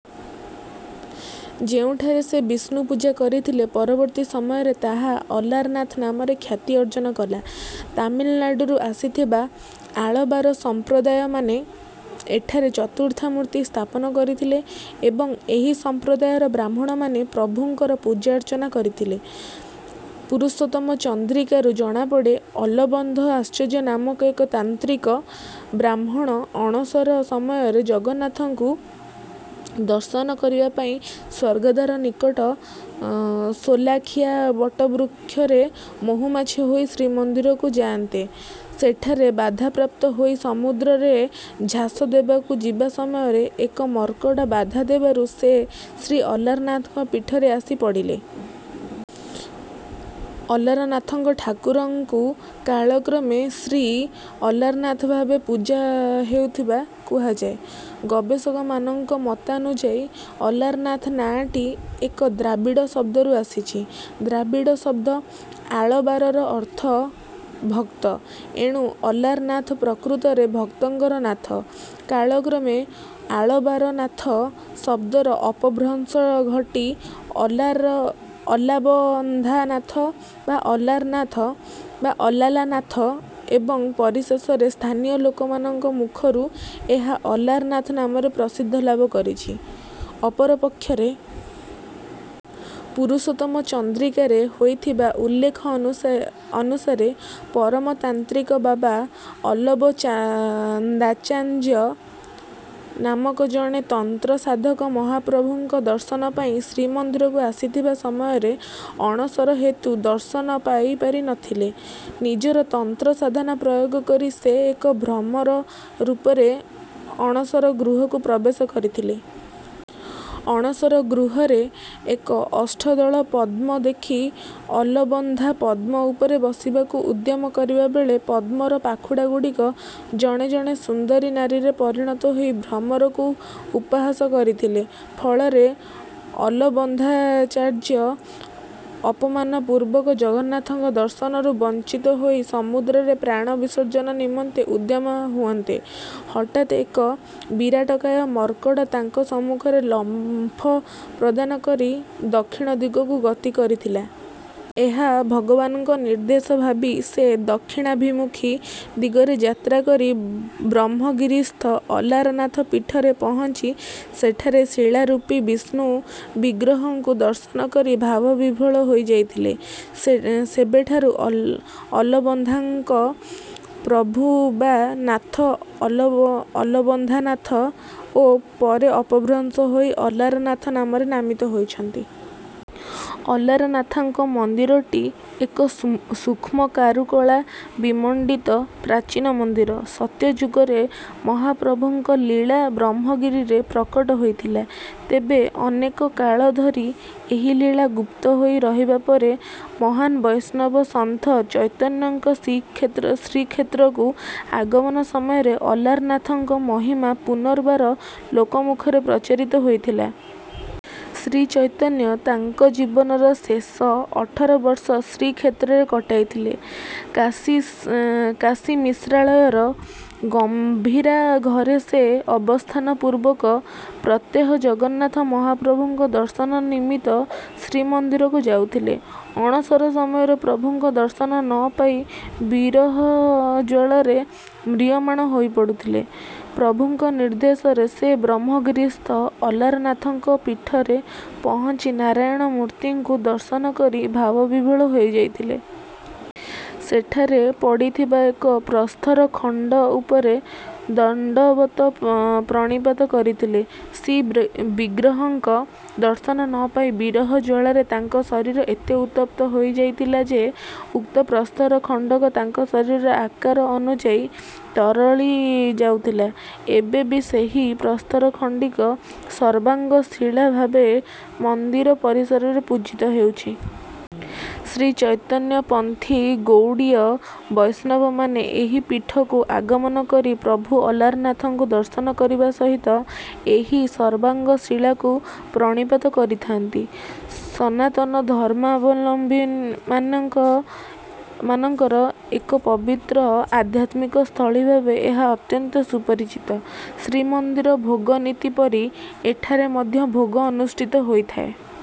ଯେଉଁଠାରେ ସେ ବିଷ୍ଣୁଙ୍କ ପୂଜା କରିଥିଲେ, ପରବର୍ତ୍ତୀ ସମୟରେ ତାହା ଅଲାରନାଥ ନାମରେ ଖ୍ୟାତି ଅର୍ଜନ କଲା। ତାମିଲନାଡୁରୁ ଆସିଥିବା ଆଳବାର ସମ୍ପ୍ରଦାୟମାନେ ଏଠାରେ ଚତୁର୍ଦ୍ଧାମୂର୍ତ୍ତି ସ୍ଥାପନ କରିଥିଲେ ଏବଂ ଏହି ସମ୍ପ୍ରଦାୟର ବ୍ରାହ୍ମଣମାନେ ପ୍ରଭୁଙ୍କର ପୂଜାର୍ଚ୍ଚନା କରନ୍ତି। 'ପୁରୁଷୋତ୍ତମ ଚନ୍ଦ୍ରିକା'ରୁ ଜଣାପଡ଼େ, ଅଲବନ୍ଦ ଆଚାର୍ଯ୍ୟ ନାମକ ଏକ ତାନ୍ତ୍ରିକ ବ୍ରାହ୍ମଣ ଅଣସର ସମୟରେ ଜଗନ୍ନାଥଙ୍କୁ ଦର୍ଶନ କରିବା ପାଇଁ ସ୍ୱର୍ଗଦ୍ୱାର ନିକଟ ସୋଲାଖିଆ ବଟବୃକ୍ଷରେ ମହୂମାଛି ହୋଇ ଶ୍ରୀମନ୍ଦିରକୁ ଯାଆନ୍ତେ, ସେଠାରେ ବାଧାପ୍ରାପ୍ତ ହୋଇ ସମୁଦ୍ରରେ ଝାସ ଦେବାକୁ ଯିବା ସମୟରେ ଏକ ମର୍କଟ ବାଧା ଦେବାରୁ ସେ ଶ୍ରୀ ଅଲାରନାଥଙ୍କ ପୀଠରେ ଆସି ପଡ଼ିଲେ। ଅଲାରନାଥଙ୍କ ଠାକୁରଙ୍କୁ କାଳକ୍ରମେ ଶ୍ରୀ ଅଲାରନାଥ ଭାବେ ପୂଜା ହେଉଥିବା କୁହାଯାଏ। ଗବେଷକମାନଙ୍କ ମତାନୁଯାୟୀ, 'ଅଲାରନାଥ' ନାଁଟି ଏକ ଦ୍ରାବିଡ଼ ଶବ୍ଦରୁ ଆସିଛି। ଦ୍ରାବିଡ଼ ଶବ୍ଦ 'ଆଳବାର'ର ଅର୍ଥ ଭକ୍ତ। ଏଣୁ ଆଲାରନାଥ ପ୍ରକୃତରେ ଭକ୍ତଙ୍କର ନାଥ। କାଳକ୍ରମେ ଆଳବାରନାଥ ଶବ୍ଦର ଅପଭ୍ରଂଶ ଘଟି ଅଲାର ଆଲବନ୍ଦାନାଥ, ଅଲବରନାଥ, ଆଲାଲାନାଥ ଏବଂ ପରିଶେଷରେ ସ୍ଥାନୀୟ ଲୋକମୁଖରେ ଏହା 'ଅଲାରନାଥ' ନାମରେ ପ୍ରସିଦ୍ଧି ଲାଭ କରିଛି। ଅପରପକ୍ଷରେ, 'ପୁରୁଷୋତ୍ତମ ଚନ୍ଦ୍ରିକା'ରେ ହୋଇଥିବା ଉଲ୍ଲେଖ ଅନୁସାରେ ପରମ ତାନ୍ତ୍ରିକ ବାବା ଅଲବନ୍ଦାଚାର୍ଯ୍ୟ ନାମକ ଜଣେ ତନ୍ତ୍ର ସାଧକ ମହାପ୍ରଭୁଙ୍କ ଦର୍ଶନ ପାଇଁ ଶ୍ରୀମନ୍ଦିରକୁ ଆସିଥିବା ସମୟରେ ଅଣସର ହେତୁ ଦର୍ଶନ ପାଇପାରି ନ ଥିଲେ। ନିଜର ତନ୍ତ୍ର ସାଧନା ପ୍ରୟୋଗ କରି ସେ ଏକ ଭ୍ରମର ରୂପରେ ଅଣସର ଗୃହକୁ ପ୍ରବେଶ କରିଥିଲେ। ଅଣସର ଗୃହରେ ଏକ ଅଷ୍ଟଦଳ ପଦ୍ମ ଦେଖି ଅଲବନ୍ଦା ପଦ୍ମ ଉପରେ ବସିବାକୁ ଉଦ୍ୟମ କରିବା ବେଳେ, ପଦ୍ମର ପାଖୁଡ଼ାଗୁଡ଼ିକ ଜଣେ ଜଣେ ସୁନ୍ଦରୀ ନାରୀରେ ପରିଣତ ହୋଇ ଭ୍ରମରକୁ ଉପହାସ କରିଥିଲେ। ଫଳରେ ଅଲବନ୍ଦାଚାର୍ଯ୍ୟ ଅପମାନପୂର୍ବକ ଜଗନ୍ନାଥଙ୍କ ଦର୍ଶନରୁ ବଞ୍ଚିତ ହୋଇ ସମୁଦ୍ରରେ ପ୍ରାଣ ବିସର୍ଜନ ନିମନ୍ତେ ଉଦ୍ୟମ ହୁଅନ୍ତେ, ହଠାତ୍ ଏକ ବିରାଟକାୟ ମର୍କଟ ତାଙ୍କ ସମ୍ମୁଖରେ ଲମ୍ଫ ପ୍ରଦାନ କରି ଦକ୍ଷିଣ ଦିଗକୁ ଗତି କରିଥିଲା। ଏହା ଭଗବାନଙ୍କ ନିର୍ଦ୍ଦେଶ ଭାବି ସେ ଦକ୍ଷିଣାଭିମୁଖୀ ଦିଗରେ ଯାତ୍ରା କରି ବ୍ରହ୍ମଗିରିସ୍ଥ ଅଲାରନାଥ ପୀଠରେ ପହଞ୍ଚି ସେଠାରେ ଶିଳାରୂପୀ ବିଷ୍ଣୁ ବିଗ୍ରହଙ୍କୁ ଦର୍ଶନ କରି ଭାବବିହ୍ୱଳିତ ହୋଇଯାଇଥିଲେ। ସେବେଠାରୁ ଅଲ ଅଲବନ୍ଦାଙ୍କ ପ୍ରଭୁ ବା ନାଥ 'ଅଲବନ୍ଦାନାଥ' ଓ ପରେ ଅପଭ୍ରଂଶ ହୋଇ 'ଅଲାରନାଥ' ନାମରେ ନାମିତ ହୋଇଛନ୍ତି। ଅଲାରନାଥଙ୍କ ମନ୍ଦିରଟି ଏକ ସୁ ସୂକ୍ଷ୍ମ କାରୁକଳା ବିମଣ୍ଡିତ ପ୍ରାଚୀନ ମନ୍ଦିର। ସତ୍ୟଯୁଗରେ ମହାପ୍ରଭୁଙ୍କ ଲୀଳା ବ୍ରହ୍ମଗିରିରେ ପ୍ରକଟ ହୋଇଥିଲା। ତେବେ ଅନେକ କାଳ ଧରି ଏହି ଲୀଳା ଗୁପ୍ତ ହୋଇ ରହିବା ପରେ, ମହାନ ବୈଷ୍ଣବ ସନ୍ଥ ଚୈତନ୍ୟଙ୍କ ଶିକ୍ଷେ ଶ୍ରୀକ୍ଷେତ୍ରକୁ ଆଗମନ ସମୟରେ ଅଲାରନାଥଙ୍କ ମହିମା ପୁନର୍ବାର ଲୋକମୁଖରେ ପ୍ରଚାରିତ ହୋଇଥିଲା। ଶ୍ରୀଚୈତନ୍ୟ ତାଙ୍କ ଜୀବନର ଶେଷ ଅଠର ବର୍ଷ ଶ୍ରୀକ୍ଷେତ୍ରରେ କଟାଇଥିଲେ। କାଶି କାଶୀମିଶ୍ରାଳୟର ଗମ୍ଭୀରା ଘରେ ସେ ଅବସ୍ଥାନ ପୂର୍ବକ ପ୍ରତ୍ୟହ ଜଗନ୍ନାଥ ମହାପ୍ରଭୁଙ୍କ ଦର୍ଶନ ନିମିତ୍ତ ଶ୍ରୀମନ୍ଦିରକୁ ଯାଉଥିଲେ। ଅଣସର ସମୟରେ ପ୍ରଭୁଙ୍କର ଦର୍ଶନ ନ ପାଇ ବିରହ ଜ୍ୱାଳାରେ ମ୍ରିୟମାଣ ହୋଇପଡ଼ିଥିଲେ। ପ୍ରଭୁଙ୍କ ନିର୍ଦ୍ଦେଶରେ ସେ ବ୍ରହ୍ମଗିରିସ୍ଥ ଅଲାରନାଥଙ୍କ ପୀଠରେ ପହଞ୍ଚି ନାରାୟଣ ମୂର୍ତ୍ତିଙ୍କୁ ଦର୍ଶନ କରି ଭାବବିହ୍ୱଳିତ ହୋଇଯାଇଥିଲେ। ସେଠାରେ ପଡ଼ିଥିବା ଏକ ପ୍ରସ୍ତର ଖଣ୍ଡ ଉପରେ ଦଣ୍ଡବତ ପ୍ରଣିପାତ କରିଥିଲେ। ଶ୍ରୀବିଗ୍ରହଙ୍କ ଦର୍ଶନ ନ ପାଇ ବିରହ ଜ୍ୱାଳାରେ ତାଙ୍କ ଶରୀର ଏତେ ଉତ୍ତପ୍ତ ହୋଇଯାଇଥିଲା ଯେ, ଉକ୍ତ ପ୍ରସ୍ତର ଖଣ୍ଡକ ତାଙ୍କ ଶରୀରର ଆକାର ଅନୁଯାୟୀ ତରଳି ଯାଇଥିଲା। ଏବେ ବି ସେହି ପ୍ରସ୍ତର ଖଣ୍ଡିକ ସର୍ବାଙ୍ଗ ଶିଳା ଭାବେ ମନ୍ଦିର ପରିସରରେ ପୂଜିତ ହେଉଛି। ଶ୍ରୀଚୈତନ୍ୟପନ୍ଥୀ ଗୌଡ଼ୀୟ ବୈଷ୍ଣବମାନେ ଏହି ପୀଠକୁ ଆଗମନ କରି ପ୍ରଭୁ ଅଲାରନାଥଙ୍କୁ ଦର୍ଶନ କରିବା ସହିତ ସେହି ସର୍ବାଙ୍ଗ ଶିଳାକୁ ପ୍ରଣିପାତ କରିଥାନ୍ତି। ସନାତନ ଧର୍ମାବଲମ୍ବୀମାନଙ୍କ ମାନଙ୍କର ଏକ ପବିତ୍ର ଆଧ୍ୟାତ୍ମିକ ସ୍ଥଳୀ ଭାବେ ଏହା ଅତ୍ୟନ୍ତ ସୁପରିଚିତ। ଶ୍ରୀମନ୍ଦିର ଭୋଗନୀତି ପରି ଏଠାରେ ମଧ୍ୟ ଭୋଗ ଅନୁଷ୍ଠିତ ହୋଇଥାଏ।